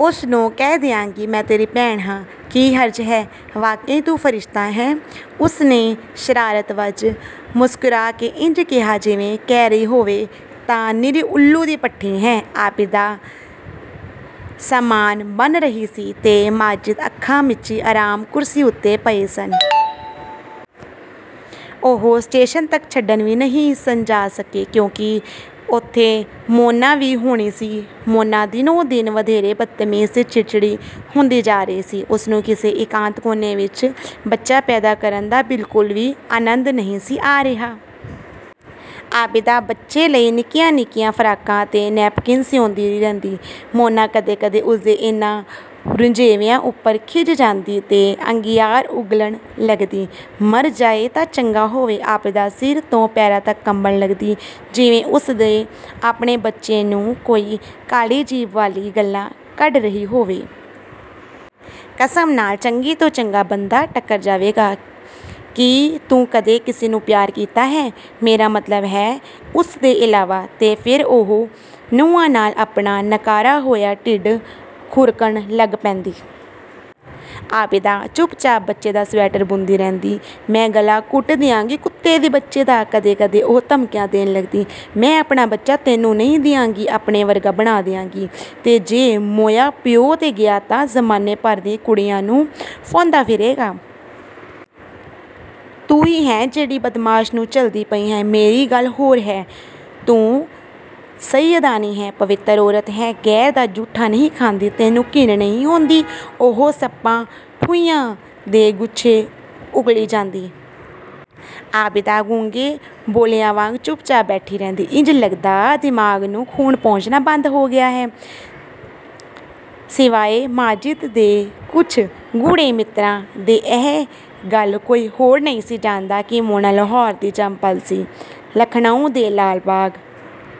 "ਉਸਨੂੰ ਕਹਿ ਦਿਆਂਗੀ, ਮੈਂ ਤੇਰੀ ਭੈਣ ਹਾਂ।" "ਕੀ ਹਰਜ਼ ਹੈ।" "ਵਾਕਈ ਤੂੰ ਫਰਿਸ਼ਤਾ ਹੈਂ।" ਉਸਨੇ ਸ਼ਰਾਰਤ ਵੱਸ ਮੁਸਕਰਾ ਕੇ ਇੰਜ ਕਿਹਾ ਜਿਵੇਂ ਕਹਿ ਰਹੀ ਹੋਵੇ, 'ਤੂੰ ਨਿਰੀ ਊੱਲੂ ਦੀ ਪੱਠੀ ਹੈਂ।'ਆਬਿਦਾ ਸਾਮਾਨ ਬੰਨ੍ਹ ਰਹੀ ਸੀ ਤੇ ਮਾਜਿਦ ਅੱਖਾਂ ਮੀਚੀ ਆਰਾਮ ਕੁਰਸੀ ਉੱਤੇ ਪਏ ਸਨ। ਉਹ ਸਟੇਸ਼ਨ ਤੱਕ ਛੱਡਣ ਵੀ ਨਹੀਂ ਸਨ ਜਾ ਸਕਦੇ, ਕਿਉਂਕਿ ਉੱਥੇ ਮੋਨਾ ਵੀ ਹੋਣੀ ਸੀ। ਮੋਨਾ ਦਿਨੋਂ-ਦਿਨ ਵਧੇਰੇ ਬਦਤਮੀਜ਼ ਤੇ ਚਿੜਚਿੜੀ ਹੁੰਦੀ ਜਾ ਰਹੀ ਸੀ। ਉਸਨੂੰ ਕਿਸੇ ਇਕਾਂਤ ਕੋਨੇ ਵਿੱਚ ਬੱਚਾ ਪੈਦਾ ਕਰਨ ਦਾ ਬਿਲਕੁਲ ਵੀ ਆਨੰਦ ਨਹੀਂ ਸੀ ਆ ਰਿਹਾ। ਆਬਿਦਾ ਬੱਚੇ ਲਈ ਨਿੱਕੀਆਂ-ਨਿੱਕੀਆਂ ਫਰਾਕਾਂ ਤੇ ਨੇਪਕਿਨ ਸਿਉਂਦੀ ਰਹਿੰਦੀ। ਮੋਨਾ ਕਦੇ-ਕਦੇ ਉਸਦੇ ਇਹਨਾਂ ਰੁਝੇਵਿਆਂ ਉੱਪਰ ਖਿਝ ਜਾਂਦੀ ਤੇ ਅੰਗਿਆਰ ਉਗਲਣ ਲੱਗਦੀ, "ਮਰ ਜਾਏ ਤਾਂ ਚੰਗਾ ਹੋਵੇ।" ਆਬਿਦਾ ਸਿਰ ਤੋਂ ਪੈਰਾਂ ਤੱਕ ਕੰਬਣ ਲੱਗਦੀ ਜਿਵੇਂ, ਉਸਦੇ ਆਪਣੇ ਬੱਚੇ ਨੂੰ ਕੋਈ ਕਾਲੀ ਜੀਭ ਵਾਲੀ ਗਾਲ੍ਹਾਂ ਕੱਢ ਰਹੀ ਹੋਵੇ। ਕਸਮ ਨਾਲ ਚੰਗੇ ਤੋਂ ਚੰਗਾ ਬੰਦਾ ਟੱਕਰ ਜਾਏਗਾ। ਕੀ ਤੂੰ ਕਦੇ ਕਿਸੇ ਨੂੰ ਪਿਆਰ ਕੀਤਾ ਹੈ? ਮੇਰਾ ਮਤਲਬ ਹੈ ਉਸਦੇ ਇਲਾਵਾ..." ਤੇ ਫਿਰ ਉਹ ਨਹੁੰਆਂ ਨਾਲ ਆਪਣਾ ਨਕਾਰਾ ਹੋਇਆ ਢਿੱਡ ਖੁਰਕਣ ਲੱਗ ਪੈਂਦੀ। ਆਬਿਦਾ ਚੁੱਪਚਾਪ ਬੱਚੇ ਦਾ ਸਵੈਟਰ ਬੁਣਦੀ ਰਹਿੰਦੀ। "ਮੈਂ ਗਲਾ ਘੁੱਟ ਦਿਆਂਗੀ ਕੁੱਤੇ ਦੇ ਬੱਚੇ ਦਾ," ਕਦੇ-ਕਦੇ ਉਹ ਧਮਕੀਆਂ ਦੇਣ ਲੱਗਦੀ, "ਮੈਂ ਆਪਣਾ ਬੱਚਾ ਤੈਨੂੰ ਨਹੀਂ ਦਿਆਂਗੀ। ਆਪਣੇ ਵਰਗਾ ਬਣਾ ਦਿਆਂਗੀ... ਤੇ ਜੇ ਮੋਇਆ ਪਿਓ 'ਤੇ ਗਿਆ ਤਾਂ ਜ਼ਮਾਨੇ ਭਰ ਦੀਆਂ ਕੁੜੀਆਂ ਨੂੰ ਫਾਹੁੰਦਾ ਫਿਰੇਗਾ। ਤੂੰ ਹੀ ਹੈਂ ਜਿਹੜੀ ਬਦਮਾਸ਼ ਨੂੰ ਝੱਲਦੀ ਪਈ ਹੈਂ। ਮੇਰੀ ਗੱਲ ਹੋਰ ਹੈ, ਤੂੰ ਸਈਅਦਾਨੀ ਹੈਂ, ਪਵਿੱਤਰ ਔਰਤ ਹੈਂ, ਗ਼ੈਰ ਦਾ ਜੂਠਾ ਨਹੀਂ ਖਾਂਦੀ... ਤੈਨੂੰ ਘਿਣ ਨਹੀਂ ਆਉਂਦੀ?" ਉਹ ਸੱਪਾਂ-ਠੂੰਹਿਆਂ ਦੇ ਗੁੱਛੇ ਉਗਲੀ ਜਾਂਦੀ। ਆਬਿਦਾ ਗੂੰਗੇ-ਬੋਲਿਆਂ ਵਾਂਗ ਚੁੱਪਚਾਪ ਬੈਠੀ ਰਹਿੰਦੀ। ਇੰਜ ਲੱਗਦਾ, ਦਿਮਾਗ਼ ਨੂੰ ਖੂਨ ਪਹੁੰਚਣਾ ਬੰਦ ਹੋ ਗਿਆ ਹੈ। ਸਿਵਾਏ ਮਾਜਿਦ ਦੇ ਕੁਝ ਗੂੜ੍ਹੇ ਮਿੱਤਰਾਂ ਦੇ ਇਹ ਗੱਲ ਕੋਈ ਹੋਰ ਨਹੀਂ ਸੀ ਜਾਣਦਾ ਕਿ ਮੋਨਾ ਲਾਹੌਰ ਦੀ ਜੰਮ-ਪਲ ਸੀ। ਲਖ਼ਨਊ ਦੇ ਲਾਲ ਬਾਗ